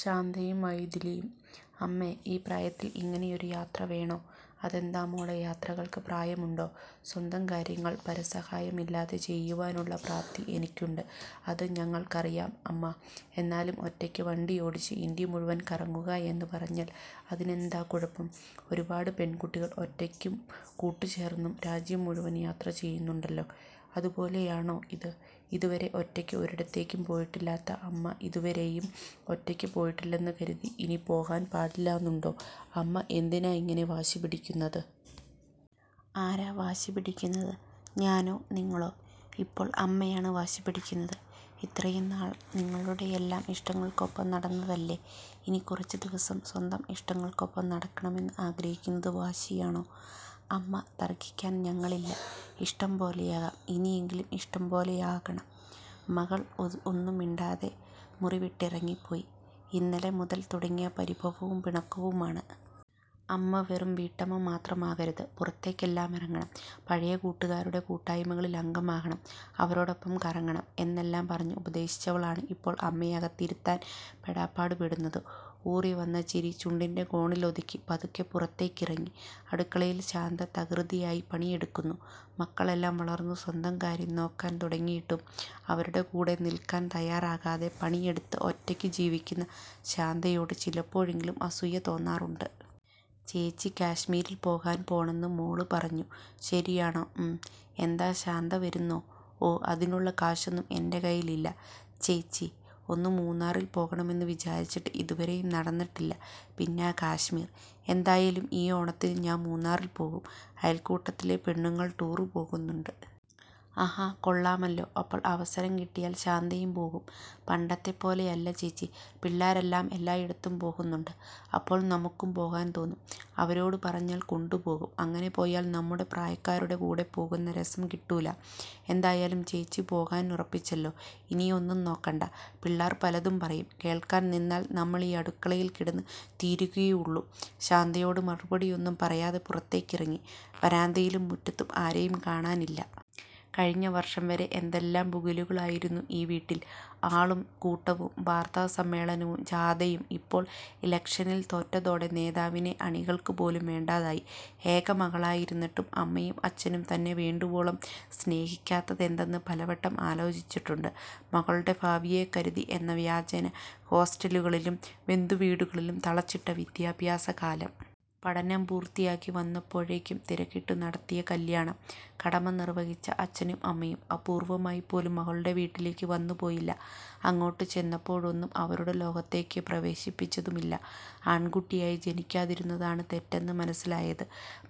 ശാന്തയും മൈഥിലിയും 'അമ്മേ, ഈ പ്രായത്തിൽ ഇങ്ങനെ ഒരു യാത്ര വേണോ?' അതെന്താ മോളെ യാത്രകൾക്ക് പ്രായമുണ്ടോ, സ്വന്തം കാര്യങ്ങൾ പരസഹായമില്ലാതെ ചെയ്യുവാനുള്ള പ്രാപ്തി എനിക്കുണ്ട്. 'അത് ഞങ്ങൾക്കറിയാം അമ്മാ, എന്നാലും ഒറ്റയ്ക്ക് വണ്ടിയോടിച്ചു ഇന്ത്യ മുഴുവൻ കറങ്ങുകയെന്ന് പറഞ്ഞാൽ' അതിനെന്താ കുഴപ്പം, ഒരുപാട് പെൺകുട്ടികൾ ഒറ്റയ്ക്കും കൂട്ടുചേർന്നും രാജ്യം മുഴുവൻ യാത്ര ചെയ്യുന്നുണ്ടല്ലോ ‘അതുപോലെയാണോ ഇത്, ഇതുവരെ ഒറ്റയ്ക്ക് ഒരിടത്തേക്കും പോയിട്ടില്ലാത്ത അമ്മ’ ‘ഇതുവരെയും ഒറ്റയ്ക്ക് പോയിട്ടില്ലെന്ന് കരുതി ഇനി പോകാൻ പാടില്ലെന്നുണ്ടോ’ ‘അമ്മ എന്തിനാ ഇങ്ങനെ വാശി പിടിക്കുന്നത്?’ ‘ആരാ വാശി പിടിക്കുന്നത്, ഞാനോ നിങ്ങളോ?’ ‘ഇപ്പോൾ അമ്മയാണ് വാശി പിടിക്കുന്നത്.' 'ഇത്രയും നാൾ നിങ്ങളുടെയെല്ലാം ഇഷ്ടങ്ങൾക്കൊപ്പം നടന്നതല്ലേ, ഇനി കുറച്ചു ദിവസം സ്വന്തം ഇഷ്ടങ്ങൾക്കൊപ്പം നടക്കണമെന്ന് ആഗ്രഹിക്കുന്നത് വാശിയാണോ.' 'അമ്മാ തർക്കിക്കാൻ ഞങ്ങളില്ല, ഇഷ്ടം പോലെയാകാം.' 'ഇനിയെങ്കിലും ഇഷ്ടംപോലെയാകണം.' മകൾ ഒന്നും മിണ്ടാതെ മുറിവിട്ടിറങ്ങി പോയി, ഇന്നലെ മുതൽ തുടങ്ങിയ പരിഭവവും പിണക്കവുമാണ്. അമ്മ വെറും വീട്ടമ്മ മാത്രമാകരുത്, പുറത്തേക്കെല്ലാം ഇറങ്ങണം, പഴയ കൂട്ടുകാരുടെ കൂട്ടായ്മകളിൽ അംഗമാകണം, അവരോടൊപ്പം കറങ്ങണം എന്നെല്ലാം പറഞ്ഞു ഉപദേശിച്ചവളാണ് ഇപ്പോൾ അമ്മയെ അകത്തിരുത്താൻ പെടാപ്പാട് പെടുന്നത്. ഊറിവന്ന ചിരി ചുണ്ടിൻ്റെ കോണിൽ ഒതുക്കി പതുക്കെ പുറത്തേക്കിറങ്ങി, അടുക്കളയിൽ ശാന്ത തകൃതിയായി പണിയെടുക്കുന്നു. മക്കളെല്ലാം വളർന്നു സ്വന്തം കാര്യം നോക്കാൻ തുടങ്ങിയിട്ടും, അവരുടെ കൂടെ നിൽക്കാൻ തയാറാകാതെ പണിയെടുത്ത് ഒറ്റയ്ക്ക് ജീവിക്കുന്ന ശാന്തയോട് ചിലപ്പോഴെങ്കിലും അസൂയ തോന്നാറുണ്ട്. 'ചേച്ചി കാശ്മീരിൽ പോകാൻ പോണെന്ന് മോള് പറഞ്ഞു, ശരിയാണോ' 'ങും, എന്താ ശാന്ത വരുന്നോ' 'ഓ അതിനുള്ള കാശൊന്നും എൻ്റെ കൈയിൽ ഇല്ല ചേച്ചി, ഒന്ന് മൂന്നാറിൽ പോകണമെന്ന് വിചാരിച്ചിട്ട് ഇതുവരെയും നടന്നിട്ടില്ല, പിന്നാ കാശ്മീർ. എന്തായാലും ഈ ഓണത്തിന് ഞാൻ മൂന്നാറിൽ പോകും, അയൽക്കൂട്ടത്തിലെ പെണ്ണുങ്ങൾ ടൂർ പോകുന്നുണ്ട്.' 'ആഹാ, കൊള്ളാമല്ലോ അപ്പോൾ അവസരം കിട്ടിയാൽ ശാന്തയും പോകും.' 'പണ്ടത്തെ പോലെയല്ല ചേച്ചി, പിള്ളേരെല്ലാം എല്ലായിടത്തും പോകുന്നുണ്ട്. അപ്പോൾ നമ്മുക്കും പോകാൻ തോന്നും, അവരോട് പറഞ്ഞാൽ കൊണ്ടുപോകും, അങ്ങനെ പോയാൽ നമ്മുടെ പ്രായക്കാരുടെ കൂടെ പോകുന്ന രസം കിട്ടൂല. എന്തായാലും ചേച്ചി പോകാൻ ഉറപ്പിച്ചല്ലോ, ഇനി ഒന്നും നോക്കണ്ട; പിള്ളേർ പലതും പറയും കേൾക്കാൻ നിന്നാൽ നമ്മളീ അടുക്കളയിൽ കിടന്ന് തീരുകയേ ഉള്ളൂ' ശാന്തയോട് മറുപടിയൊന്നും പറയാതെ പുറത്തേക്കിറങ്ങി, വരാന്തയിലും മുറ്റത്തും ആരെയും കാണാനില്ല. കഴിഞ്ഞ വർഷം വരെ എന്തെല്ലാം പുകിലുകളായിരുന്നു ഈ വീട്ടിൽ, ആളും കൂട്ടവും വാർത്താ സമ്മേളനവും ജാഥയും ഇപ്പോൾ ഇലക്ഷനിൽ തോറ്റതോടെ നേതാവിനെ അണികൾക്ക് പോലും വേണ്ടാതായി. ഏക മകളായിരുന്നിട്ടും, അമ്മയും അച്ഛനും തന്നെ വേണ്ടുവോളം സ്നേഹിക്കാത്തതെന്തെന്ന് പലവട്ടം ആലോചിട്ടുണ്ട്. മകളുടെ ഭാവിയെക്കരുതി എന്ന വ്യാജേന ഹോസ്റ്റലുകളിലും, ബന്ധുവീടുകളിലും തളച്ചിട്ട വിദ്യാഭ്യാസകാലം. പഠനം പൂർത്തിയാക്കി വന്നപ്പോഴേക്കും തിരക്കിട്ടു നടത്തിയ കല്ല്യാണം. കടമ നിർവഹിച്ച അച്ഛനും അമ്മയും അപൂർവമായി പോലും മകളുടെ വീട്ടിലേക്ക് വന്നുപോയില്ല. അങ്ങോട്ട് ചെന്നപ്പോഴൊന്നും, അവരുടെ ലോകത്തേക്ക് പ്രവേശിപ്പിച്ചതുമില്ല. ആൺകുട്ടിയായി ജനിക്കാതിരുന്നതാണ് തെറ്റെന്ന് മനസ്സിലായത്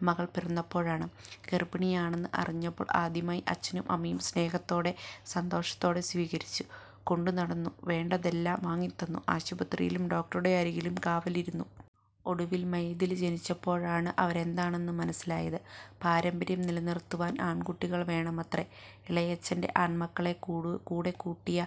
മകൾ പിറന്നപ്പോഴാണ്, ഗർഭിണിയാണെന്ന് അറിഞ്ഞപ്പോൾ ആദ്യമായി അച്ഛനും അമ്മയും സ്നേഹത്തോടെ സന്തോഷത്തോടെ സ്വീകരിച്ചു, കൊണ്ടുനടന്നു വേണ്ടതെല്ലാം വാങ്ങിത്തന്നു, ആശുപത്രിയിലും ഡോക്ടറുടെ അരികിലും കാവലിരുന്നു. ഒടുവിൽ മൈഥിലി ജനിച്ചപ്പോഴാണ് അവരെന്താണെന്ന് മനസ്സിലായത്, പാരമ്പര്യം നിലനിറുത്തുവാൻ ആൺകുട്ടികൾ വേണമത്രേ. ഇളയച്ഛൻ്റെ ആൺമക്കളെ കൂടെകൂട്ടിയ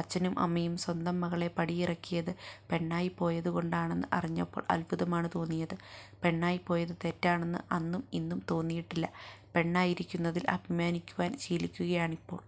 അച്ഛനും അമ്മയും സ്വന്തം മകളെ പടിയിറക്കിയത് പെണ്ണായിപ്പോയത് കൊണ്ടാണെന്ന് അറിഞ്ഞപ്പോൾ അത്ഭുതമാണ് തോന്നിയത്. പെണ്ണായിപ്പോയത് തെറ്റാണെന്ന് അന്നും ഇന്നും തോന്നിയിട്ടില്ല, പെണ്ണായിരിക്കുന്നതിൽ അഭിമാനിക്കുവാൻ ശീലിക്കുകയാണിപ്പോൾ.